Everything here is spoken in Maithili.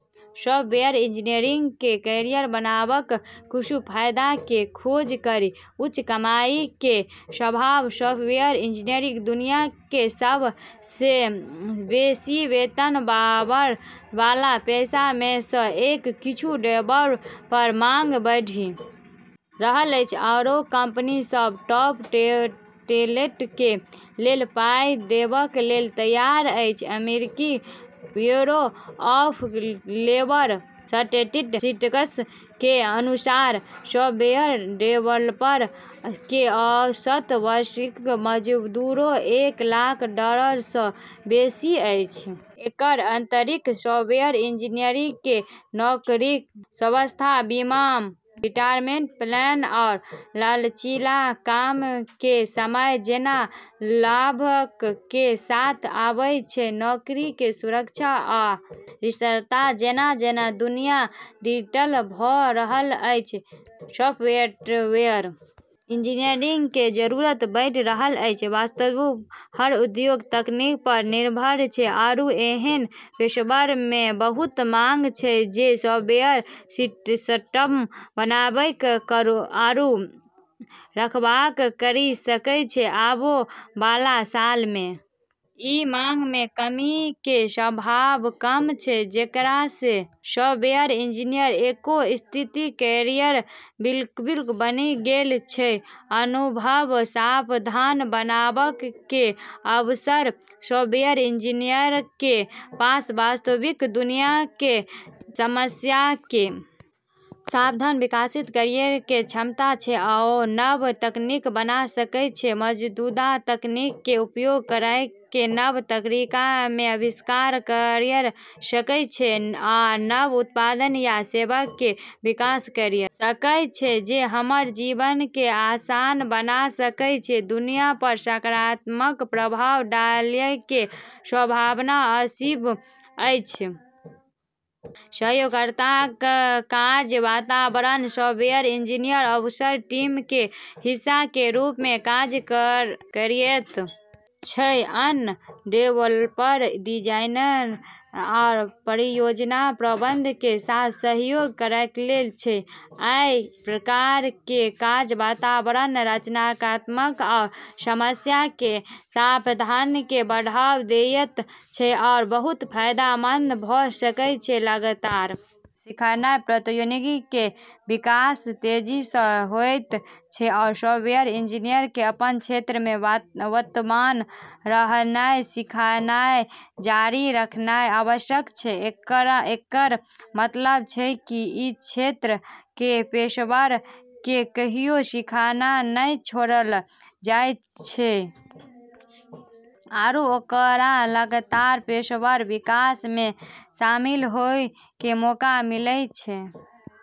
सॉफ्टवेयर इंजीनियरिंग में कैरियर बनेबाक किछु फायदा के खोज करी, उच्च कमाई के संभावना सॉफ्टवेयर इंजीनियर दुनिया के सब सं बेसी वेतन पाबय वाला पेशे में सं एक अछि, डेवलपर के मांग बढ़ि रहल अछि आओर कंपनी सभ टॉप टैलेंट के लेल पाई देबय लेल तैयार अछि, अमेरिकी ब्यूरो ऑफ लेबर स्टेटिस्टिक्स के अनुसार सॉफ्टवेयर डेवलपर के औसत वार्षिक मजदूरी एक लाख डॉलर सं बेसी अछि, एकर अतिरिक्त सॉफ्टवेयर इंजीनियरिंग कें नौकरी स्वास्थ्य बीमा, रिटायरमेंट प्लान आ लचीला काम कें समय जैना लाभक कें साथ आबै छै, नौकरी के सुरक्षा आ स्थिरता जेना-जेना दुनिया डिजिटल भ रहल अछि, सॉफ्टवेयर इंजीनियर के जरूरत बढ़ि रहल अछि, वस्तुतः हर उद्योग तकनीक पर निर्भर छै आरू ऐन्हऽ पेशेवरऽ के बहुत मांग छै जे सॉफ्टवेयर सिस्टम बनाबै आरू रखरखाव करी सकै छै, आबै वाला सालऽ मे ई मांग मे कमी के संभावना कम छै जेकरा से सॉफ्टवेयर इंजीनियरिंग एगो स्थिर कैरियर विकल्प बनी गेलऽ छै, अभिनव समाधान बनावा कें अवसर सॉफ्टवेयर इंजीनियरक कें पास वास्तविक दुनिया कें समस्याक कें समाधान विकसित करय कें क्षमता छै, ओ नव तकनीक बना सकय छै, मौजूदा तकनीक कें उपयोग करय कें नव तरीकाक कें आविष्कार कयर सकय छै आ नव उत्पाद या सेवाक कें विकास कयर सकय छै जे हमर जीवन कें आसान बना सकय छै, दुनिया पर सकारात्मक प्रभाव डालय के संभावना असीम अछि, सहयोगात्मक कार्य वातावरण सॉफ्टवेयर इंजीनियर अक्सर टीम कें हिस्सा कें रूप मे काज करएयत छै अन्य डेवलपर, डिजाइनर आ परियोजना प्रबंधक कें साथ सहयोग करएयत छै, अइ प्रकार कें कार्य वातावरण रचनात्मकता आ समस्याक कें समाधान कें बढ़ावा देयत छै आ बहुत फायदेमंद भ सकय छै, लगातार सीखनाय प्रौद्योगिकी कें विकास तेजी सं होयत छै आ सॉफ्टवेयर इंजीनियरक कें अपन क्षेत्र मे वर्तमान रहनाय सीखनाय जारी रखनाय आवश्यक छै, एकरऽ मतलब छै कि ई क्षेत्र केरऽ पेशेवरऽ के कहियो सीखना नै छोड़लऽ जाय छै आरू ओकरा लगातार पेशेवर विकास मे शामिल होय के मौका मिलै छै।